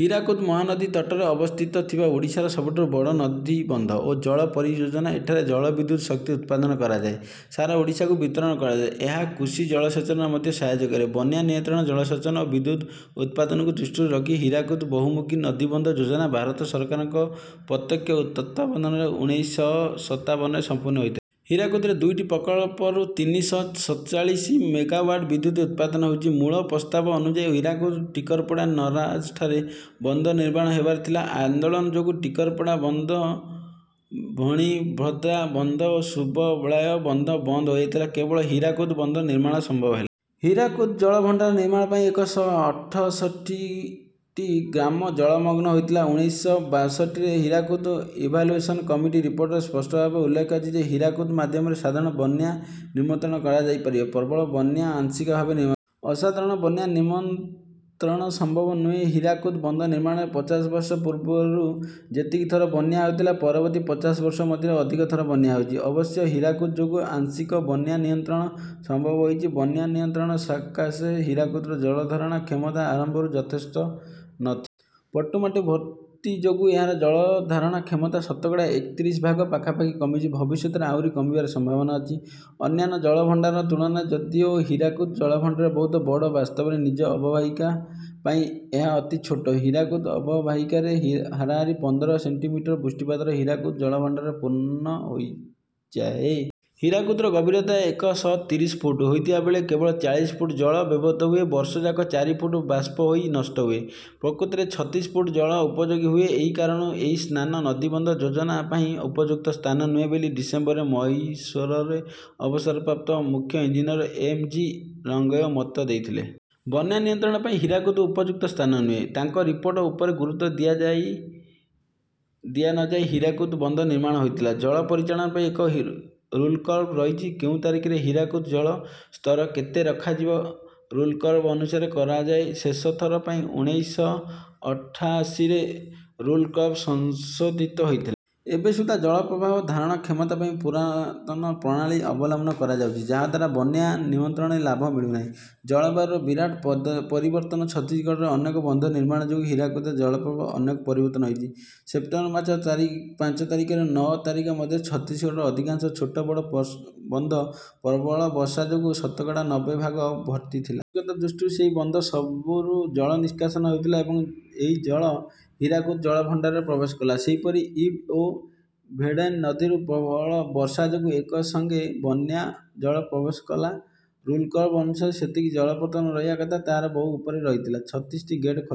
ହୀରାକୁଦ ମହାନଦୀ ତଟରେ ଅବସ୍ଥିତଥିବା ଓଡ଼ିଶାର ସବୁଠୁ ବଡ଼ ନଦୀବନ୍ଧ ଓ ଜଳ ପରିଯୋଜନା। ଏଠାରେ ଜଳ ବିଦ୍ୟୁତ ଶକ୍ତି ଉତ୍ପାଦନ କରାଯାଇ ସାରା ଓଡ଼ିଶାକୁ ବିତରଣ କରାଯାଏ। ଏହା କୃଷି ଜଳସେଚନରେ ମଧ୍ୟ ସାହାଯ୍ୟ କରେ। ବନ୍ୟା ନିୟନ୍ତ୍ରଣ ଜଳସେଚନ ଓ ବିଦ୍ୟୁତ ଉତ୍ପାଦନକୁ ଦୃଷ୍ଟିରେ ରଖି ହୀରାକୁଦ ବହୁମୁଖୀ ନଦୀବନ୍ଧ ଯୋଜନା ଭାରତ ସରକାରଙ୍କ ପ୍ରତ୍ୟକ୍ଷ ତତ୍ତ୍ୱାବଧାନରେ ଉଣେଇଶ ଶହ ସତାବନରେ ସମ୍ପୂର୍ଣ୍ଣ ହୋଇଥିଲା। ହୀରାକୁଦର ଦୁଇଟି ପ୍ରକଳ୍ପରୁ ତିନି ଶହ ସତଚାଳିଶ ମେଗାୱାଟ ବିଦ୍ୟୁତ ଉତ୍ପାଦନ ହେଉଛି। ମୂଳ ପ୍ରସ୍ତାବ ଅନୁଯାୟୀ ହୀରାକୁଦ ଟିକରପଡା ନରାଜଠାରେ ବନ୍ଧ ନିର୍ମାଣ ହେବାର ଥିଲା। ଆନ୍ଦୋଳନ ଯୋଗୁଁ ଟିକରପଡ଼ା ବନ୍ଧ ମଣିଭଦ୍ରା ବନ୍ଧ ଓ ସୁବଳୟା ବନ୍ଧ ବନ୍ଦ ହୋଇଯାଇଥିଲା। କେବଳ ହୀରାକୁଦ ବନ୍ଧ ନିର୍ମାଣ ସମ୍ଭବ ହେଲା। ହୀରାକୁଦ ଜଳଭଣ୍ଡାର ନିର୍ମାଣ ପାଇଁ ଏକ ଶହ ଅଠଷଠିଟି ଗ୍ରାମ ଜଳମଗ୍ନ ହୋଇଥିଲା। ଉଣେଇଶ ଶହ ବାଷଠିରେ ହୀରାକୁଦ ଇଭାଲୁଏସନ କମିଟି ରିପୋର୍ଟରେ ସ୍ପଷ୍ଟଭାବେ ଉଲ୍ଲେଖ ଅଛି ଯେ ହୀରାକୁଦ ମାଧ୍ୟମରେ ସାଧାରଣ ବନ୍ୟା ନିମନ୍ତ୍ରଣ କରାଯାଇପାରିବ। ପ୍ରବଳ ବନ୍ୟା ଆଂଶିକ ଭାବେ ନିମ-- ଅସାଧାରଣ ବନ୍ୟା ନିମନ୍ତ୍ରଣ ସମ୍ଭବ ନୁହେଁ। ହୀରାକୁଦ ବନ୍ଧ ନିର୍ମାଣର ପଚାଶ ବର୍ଷ ପୂର୍ବରୁ ଯେତିକି ଥର ବନ୍ୟା ହେଉଥିଲା। ପରବର୍ତ୍ତୀ ପଚାଶ ବର୍ଷ ମଧ୍ୟରେ ଅଧିକ ଥର ବନ୍ୟା ହୋଇଛି। ଅବଶ୍ୟ ହୀରାକୁଦ ଯୋଗୁଁ ଆଂଶିକ ବନ୍ୟାନିୟନ୍ତ୍ରଣ ସମ୍ଭବ ହୋଇଛି। ବନ୍ୟାନିୟନ୍ତ୍ରଣ ଶାକାଶେ ହୀରାକୁଦର ଜଳ ଧାରଣା କ୍ଷମତା ଆରମ୍ଭରୁ ଯଥେଷ୍ଟ ନ ଥି-- ପଟୁମାଟି ଭର୍ତ୍ତି ଯୋଗୁଁ ଏହାର ଜଳ ଧାରଣ କ୍ଷମତା ଶତକଡା ଏକତିରିଶ ଭାଗ ପାଖାପାଖି କମିଛି। ଭବିଷ୍ୟତରେ ଆହୁରି କମିବାର ସମ୍ଭାବନା ଅଛି। ଅନ୍ୟାନ୍ୟ ଜଳଭଣ୍ଡାର ତୁଳନାରେ ଯଦିଓ ହୀରାକୁଦ ଜଳଭଣ୍ଡାର ବହୁତ ବଡ ବାସ୍ତବରେ ନିଜ ଅବବାହିକା ପାଇଁ ଏହା ଅତି ଛୋଟ। ହୀରାକୁଦ ଅବବାହିକାରେ ହାରାହାରି ପନ୍ଦର ସେଣ୍ଟିମିଟର ବୃଷ୍ଟିପାତରେ ହୀରାକୁଦ ଜଳଭଣ୍ଡାର ପୂର୍ଣ୍ଣ ହୋଇଯାଏ। ହୀରାକୁଦର ଗଭୀରତା ଏକ ଶହ ତିରିଶ ଫୁଟ ହୋଇଥିବାବେଳେ କେବଳ ଚାଳିଶ ଫୁଟ ଜଳ ବ୍ୟବହୃତ ହୁଏ। ବର୍ଷ ଯାକ ଚାରି ଫୁଟ ବାଷ୍ପ ହୋଇ ନଷ୍ଟ ହୁଏ। ପ୍ରକୃତରେ ଛତିଶ ଫୁଟ ଜଳ ଉପଯୋଗୀ ହୁଏ। ଏହି କାରଣରୁ ଏହି ସ୍ଥାନ ନଦୀବନ୍ଧ ଯୋଜନା ପାଇଁ ଉପଯୁକ୍ତ ସ୍ଥାନ ନୁହେଁ ବୋଲି ଡିସେମ୍ବରରେ ମହିଶୂରର ଅବସରପ୍ରାପ୍ତ ମୁଖ୍ୟ ଇଞ୍ଜିନିଅର ଏମ ଜି ରଙ୍ଗେୟା ମତ ଦେଇଥିଲେ। ବନ୍ୟା ନିୟନ୍ତ୍ରଣ ପାଇଁ ହୀରାକୁଦ ଉପଯୁକ୍ତ ସ୍ଥାନ ନୁହେଁ। ତାଙ୍କ ରିପୋର୍ଟ ଉପରେ ଗୁରୁତ୍ୱ ଦିଆଯାଇ ଦିଆନଯାଇ ହୀରାକୁଦ ବନ୍ଧ ନିର୍ମିତ ହୋଇଥିଲା। ଜଳ ପରିଚାଳନା ପାଇଁ ଏକ ରୁଲକର୍ଭ ରହିଛି। କେଉଁ ତାରିଖରେ ହୀରାକୁଦ ଜଳ ସ୍ତର କେତେ ରଖାଯିବ ରୁଲକର୍ଭ ଅନୁସାରେ କରାଯାଏ। ଶେଷଥର ପାଇଁ ଉଣେଇଶ ଅଠାଅଶୀରେ ରୁଲକର୍ଭ ସଂଶୋଧିତ ହୋଇଥିଲା। ଏବେ ସୁଦ୍ଧା ଜଳ ପ୍ରବାହ ଓ ଧାରଣ କ୍ଷମତା ପାଇଁ ପୁରାତନ ପ୍ରଣାଳୀ ଅବଲମ୍ବନ କରାଯାଉଛି ଯାହାଦ୍ୱାରା ବନ୍ୟା ନିୟନ୍ତ୍ରଣରେ ଲାଭ ମିଳୁନାହିଁ। ଜଳବାୟୁର ବିରାଟ ପଦ ପରିବର୍ତ୍ତନ ଛତିଶଗଡରେ ଅନେକ ବନ୍ଧ ନିର୍ମାଣ ଯୋଗୁଁ ହୀରାକୁଦ ଜଳପ୍ରବାହ ଅନେକ ପରିବର୍ତ୍ତନ ହେଇଛି। ସେପ୍ଟେମ୍ବରମାସ ଚାରି ପାଞ୍ଚ ତାରିଖରୁ ନଅ ତାରିଖ ମଧ୍ୟରେ ଛତିଶଗଡ଼ର ଅଧିକାଂଶ ଛୋଟ ବଡ ପ୍ସ ବନ୍ଧ ପ୍ରବଳ ବର୍ଷା ଯୋଗୁଁ ଶତକଡା ନବେ ଭାଗ ଭର୍ତ୍ତି ଥିଲା। ଆବଶ୍ୟକତା ଦୃଷ୍ଟିରୁ ସେହି ବନ୍ଧ ସବୁରୁ ଜଳ ନିଷ୍କାସିତ ହେଉଥିଲା। ଏବଂ ଏହି ଜଳ ହୀରାକୁଦ ଜଳଭଣ୍ଡାରରେ ପ୍ରବେଶ କଲା। ସେହିପରି ଇବ ଓ ଭେଡେନ ନଦୀରୁ ପ୍ରବଳ ବର୍ଷା ଯୋଗୁଁ ଏକ ସଙ୍ଗେ ବନ୍ୟା ଜଳ ପ୍ରବେଶ କଲା। ରୁଲକର୍ଭ ଅନୁସାରେ ସେତିକି ଜଳପତ୍ତନ ରହିବା କଥା ତାହାର ବହୁ ଉପରେ ରହିଥିଲା। ଛତିଶଟି ଗେଟ ଖୋଲା ।